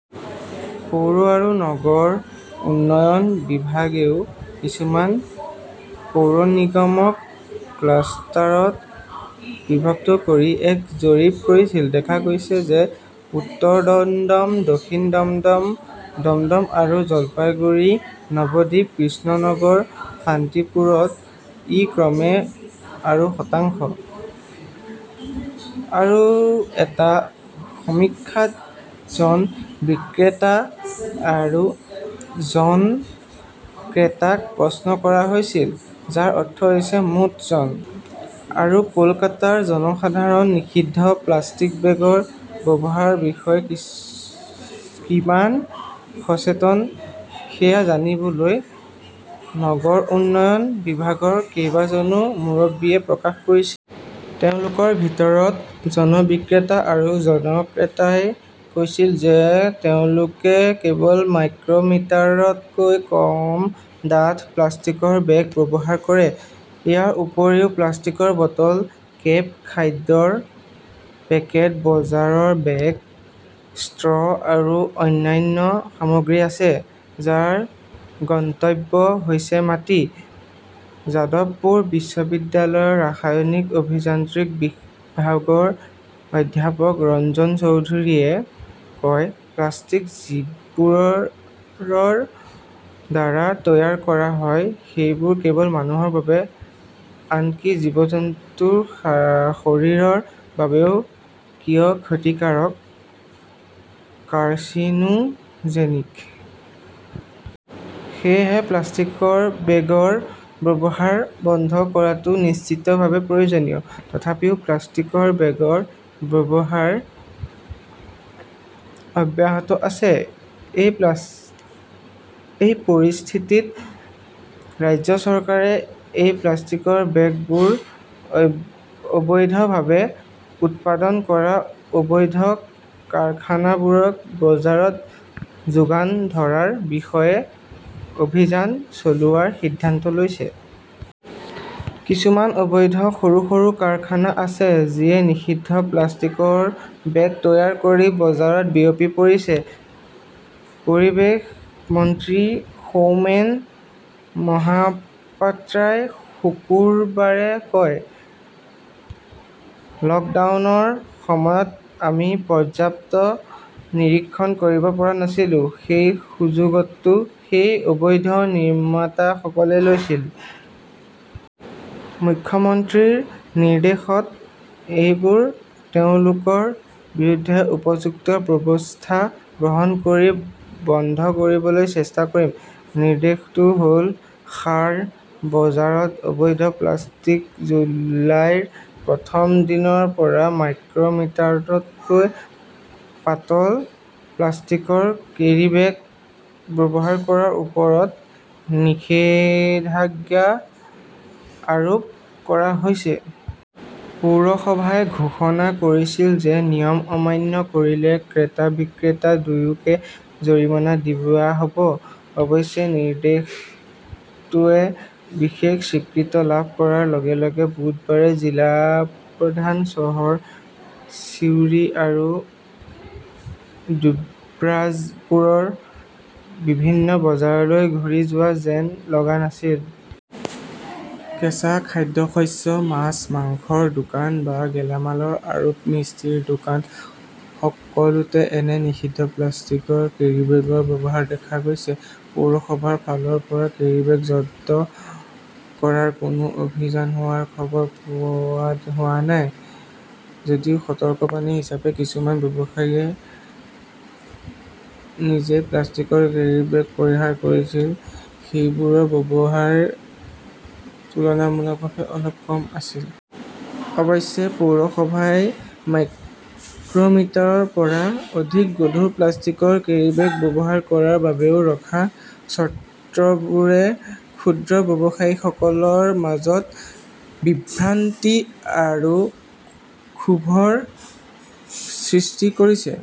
পৌৰ আৰু নগৰ উন্নয়ন বিভাগেও কিছুমান পৌৰ নিগমক ক্লাষ্টাৰত বিভক্ত কৰি এক জৰীপ কৰিছিল। দেখা গৈছে যে উত্তৰ দমদম, দক্ষিণ দমদম, দমদম আৰু জলপাইগুৰি, নৱদ্বীপ, কৃষ্ণনগৰ, শান্তিপুৰত ই ক্ৰমে আৰু শতাংশ। আৰু এটা সমীক্ষাত জন বিক্ৰেতা আৰু জন ক্ৰেতাক প্ৰশ্ন কৰা হৈছিল, যাৰ অৰ্থ হৈছে মুঠ জন, আৰু কলকাতাৰ জনসাধাৰণ নিষিদ্ধ প্লাষ্টিক বেগৰ ব্যৱহাৰৰ বিষয়ে কিমান সচেতন সেয়া জানিবলৈ নগৰ উন্নয়ন বিভাগৰ কেইবাজনো মুৰব্বীয়ে প্ৰকাশ কৰিছে। তেওঁলোকৰ ভিতৰত জন বিক্ৰেতা আৰু জন ক্ৰেতাই কৈছিল যে তেওঁলোকে কেৱল মাইক্ৰ মিটাৰতকৈ কম ডাঠ প্লাষ্টিকৰ বেগ ব্যৱহাৰ কৰে। ইয়াৰ উপৰিও প্লাষ্টিকৰ বটল, কেপ, খাদ্যৰ পেকেট, বজাৰৰ বেগ, ষ্ট্ৰ 'আৰু অন্যান্য সামগ্ৰী আছে, যাৰ গন্তব্য হৈছে মাটি, যাদৱপুৰ বিশ্ববিদ্যালয়ৰ ৰাসায়নিক অভিযান্ত্ৰিক বিভাগৰ অধ্যাপক ৰঞ্জন চৌধুৰীয়ে কয়, প্লাষ্টিক যিবোৰৰ দ্বাৰা তৈয়াৰ কৰা হয় সেইবোৰ কেৱল মানুহৰ বাবে, আনকি জীৱ-জন্তুৰ শৰীৰৰ বাবেও কিয় ক্ষতিকাৰক, কাৰ্চিনোজেনিক। সেয়েহে প্লাষ্টিকৰ বেগৰ ব্যৱহাৰ বন্ধ কৰাটো নিশ্চিতভাৱে প্ৰয়োজনীয়। তথাপিও প্লাষ্টিকৰ বেগৰ ব্যৱহাৰ অব্যাহত আছে। এই পৰিস্থিতিত ৰাজ্য চৰকাৰে এই প্লাষ্টিকৰ বেগবোৰ অবৈধভাৱে উৎপাদন কৰা অবৈধ কাৰখানাবোৰক বজাৰত যোগান ধৰাৰ বিৰুদ্ধে অভিযান চলোৱাৰ সিদ্ধান্ত লৈছে। কিছুমান অবৈধ সৰু-সৰু কাৰখানা আছে, যিয়ে নিষিদ্ধ প্লাষ্টিকৰ বেগ তৈয়াৰ কৰি বজাৰত বিয়পি পৰিছে, পৰিৱেশ মন্ত্ৰী সৌমেন মহাপাত্ৰাই শুকুৰবাৰে কয়। লকডাউনৰ সময়ত আমি পৰ্যাপ্ত নিৰীক্ষণ কৰিব পৰা নাছিলো। সেই সুযোগটো সেই অবৈধ নিৰ্মাতাসকলে লৈছিল। মুখ্যমন্ত্ৰীৰ নিৰ্দেশত এইবাৰ তেওঁলোকৰ বিৰুদ্ধে উপযুক্ত ব্যৱস্থা গ্ৰহণ কৰি বন্ধ কৰিবলৈ চেষ্টা কৰিম। "। নিৰ্দেশটো হ "ল সাৰ, বজাৰত অবৈধ প্লাষ্টিক জুলাইৰ প্ৰথম দিনৰ পৰা মাইক্ৰ মিটাৰতকৈ পাতল প্লাষ্টিকৰ কেৰীবেগ ব্যৱহাৰ কৰাৰ ওপৰত নিষেধাজ্ঞা আৰোপ কৰা হৈছে। পৌৰসভাই ঘোষণা কৰিছিল যে নিয়ম অমান্য কৰিলে ক্ৰেতা-বিক্ৰেতা দুয়োকে জৰিমনা দিয়া হ 'ব। অৱশ্যে, নিৰ্দেশটোৱে বিশেষ স্বীকৃতি লাভ কৰাৰ লগে-লগে বুধবাৰে জিলা প্ৰধান চহৰ ছিউৰি আৰু ডুব্ৰাজপুৰৰ বিভিন্ন বজাৰলৈ ঘূৰি যোৱা যেন লগা নাছিল। কেঁচা খাদ্যশস্য, মাছ, মাংসৰ দোকান বা গেলামাল আৰু মিষ্টিৰ দোকান-সকলোতে এনে 'নিষিদ্ধ প্লাষ্টিকৰ কেৰিব্যাগৰ ব্যৱহাৰ দেখা গৈছে। পৌৰসভাৰ ফালৰ পৰা কেৰীবেগ জব্দ কৰাৰ কোনো অভিযান হোৱাৰ খবৰ পোৱা হোৱা নাই। যদিও সতৰ্কবাণী হিচাপে কিছুমান ব্যৱসায়ীয়ে নিজেই প্লাষ্টিকৰ কেৰীবেগ পৰিহাৰ কৰিছিল, সেইবোৰৰ ব্যৱহাৰ তুলনামূলকভাৱে অলপ কম আছিল। অৱশ্যে, পৌৰসভাই মাইক্ৰ মিটাৰৰ পৰা অধিক গধুৰ প্লাষ্টিকৰ কেৰীবেগ ব্যৱহাৰ কৰাৰ বাবেও ৰখা চৰ্তবোৰে ক্ষুদ্ৰ ব্যৱসায়ীসকলৰ মাজত বিভ্ৰান্তি আৰু ক্ষোভৰ সৃষ্টি কৰিছে।